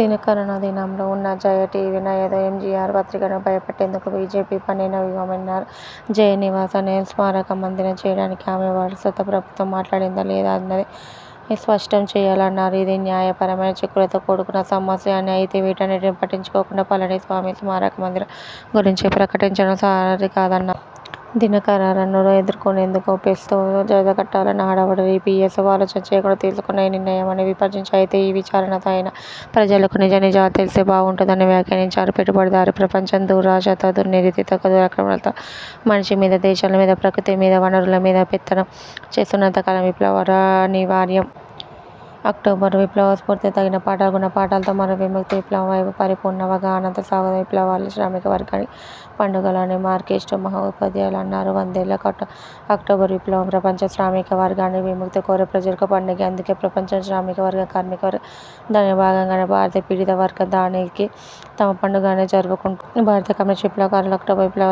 దినకరన్ ఆధీనంలో వున్న జయా టీవీ, నమదు ఎంజీఆర్ పత్రికలను భయపెట్టేందుకు బీజేపీ పన్నిన వ్యూహమేనన్నారు. జయ నివాసాన్ని స్మారకమందిరం చేయడానికి ఆమె వారసులతో ప్రభుత్వం మాట్లాడిందా లేదా అన్నది స్పష్టం చేయాలన్నారు. ఇది న్యాయపరమైన చిక్కులతో కూడుకున్న సమస్య అని, అయితే వీటన్నింటినీ పట్టించుకోకుండా పళనిస్వామి స్మారకమందిరం గురించి ప్రకటించడం సరికాదన్నారు. దినకరన్ను ఎదుర్కొనేందుకు ఓపీఎస్తో జత కట్టాలన్న హడావుడిలో ఈపీఎస్ ఆలోచన చేయకుండా తీసుకున్న నిర్ణయమని విమర్శించారు. అయితే ఈ విచారణతో అయినా ప్రజలకు నిజానిజాలు తెలిస్తే బావుంటుందని వ్యాఖ్యానించారు. పెట్టుబడిదారీ ప్రపంచం దురాశతో, దుర్నీతితో, దురాక్రమణలతో మనిషి మీద, దేశాల మీద, ప్రకృతి మీద, వనరుల మీద పెత్తనం చేస్తున్నంత కాలం విప్లవాలు అనివార్యం. అక్టోబరు విప్లవ స్ఫూర్తితో, తగిన పాఠాలు, గుణపాఠాలతో మరో విముక్తి విప్లవం వైపు పరిపూర్ణ అవగాహనతో సాగుదాం. విప్లవాలే శ్రామిక వర్గానికి పండుగలు అని మార్క్సిస్టు మహోపాధ్యాయులు అన్నారు. వందేళ్ళ అక్టోబర్ విప్లవం ప్రపంచ శ్రామిక వర్గానికి, విముక్తి కోరే ప్రజలకు పండుగే. అందుకే ప్రపంచంలోని శ్రామికవర్గం, కార్మికవర్గం, దానిలో భాగంగానే భారతీయ పీడిత వర్గం దానిని తమ పండుగగానే జరుపుకుంటున్నారు. భారత కమ్యూనిస్టు విప్లవకారులు అక్టోబరు విప్లవ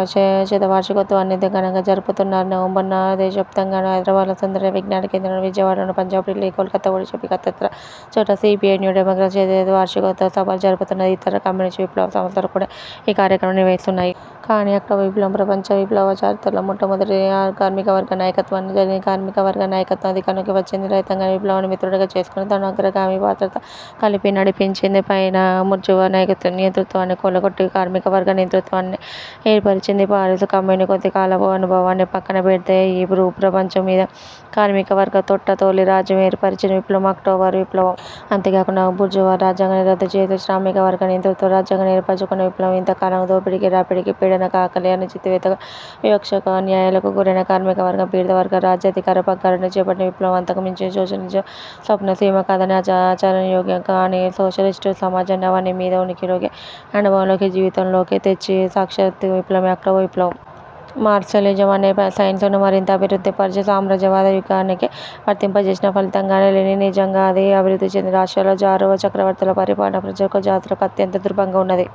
శతవార్షికోత్సవాన్ని ఘనంగా జరుపుతున్నారు. నవంబర్ న దేశవ్యాప్తంగానూ, హైదరాబాద్లో సుందరయ్య విజ్ఞాన కేంద్రంలోనూ, విజయవాడలోనూ, పంజాబ్, ఢిల్లీ, కోల్కత్తా, ఒడిశా, బీహార్ తదితర చోట్ల సీపీఐ న్యూడెమోక్రసీ శతవార్షికోత్సవ సభలు జరుపుతున్నది. యితర కమ్యూనిస్టు విప్లవ సంస్థలు కూడా యీ కార్యక్రమాన్ని నిర్వహిస్తున్నాయి. కానీ, అక్టోబర్ విప్లవం ప్రపంచ విప్లవాల చరిత్రలో మొట్టమొదటిసారిగా కార్మిక వర్గ నాయకత్వాన జరిగింది. కార్మికవర్గ నాయకత్వం అధికారంలోకి వచ్చింది. రైతాంగాన్ని విప్లవాన్ని మిత్రుడిగా చేసుకొని తన అగ్రగామి పాత్రతో కలిపి నడిపించింది. పైగా బూర్జువా నియంతృత్వాన్ని కూలగొట్టి, కార్మికవర్గ నియంతృత్వాన్ని ఏర్పరిచింది. పారిస్ కమ్యూన్ కొద్దికాలపు అనుభవాన్ని పక్కనపెడితే, యీ భూ ప్రపంచం మీద కార్మికవర్గ తొట్ట తొలి రాజ్యం ఏర్పరిచిన విప్లవం అక్టోబర్ విప్లవం. అంతేగాకుండా బూర్జువా రాజ్యాంగాన్ని రద్దు చేసి, శ్రామికవర్గ నియంతృత్వ రాజ్యాంగాన్ని ఏర్పరుచుకొన్న విప్లవం. ఇంతకాలం దోపిడికి, రాపిడికి, పీడనకు, ఆకలికి, అణచివేతకు, వివక్షకు, అన్యాయాలకు గురైన కార్మికవర్గం, పీడితవర్గం రాజ్యాధికార పగ్గాలను చేపట్టిన విప్లవం. అంతకుమించి సోషలిజం స్వప్న సీమ కాదని, ఆచరణయోగ్యం అని సోషలిస్టు సమాజాన్ని అవని మీద ఉనికిలోకీ, అనుభవంలోకీ, జీవితం లోతుల్లోకీ తెచ్చి, సాక్షాత్కరించిన విప్లవమే అక్టోబర్ విప్లవం. మార్క్సిజం అనే సైన్సును మరింత అభివృద్ధిపరిచి, సామ్రాజ్యవాద యుగానికి వర్తింపచేసిన ఫలితంగానే లెనినిజంగా అది అభివృద్ధి చెందింది. రష్యాలో జారు చక్రవర్తుల పరిపాలన ప్రజలకు, జాతులకు అత్యంత దుర్భరంగా వున్నది.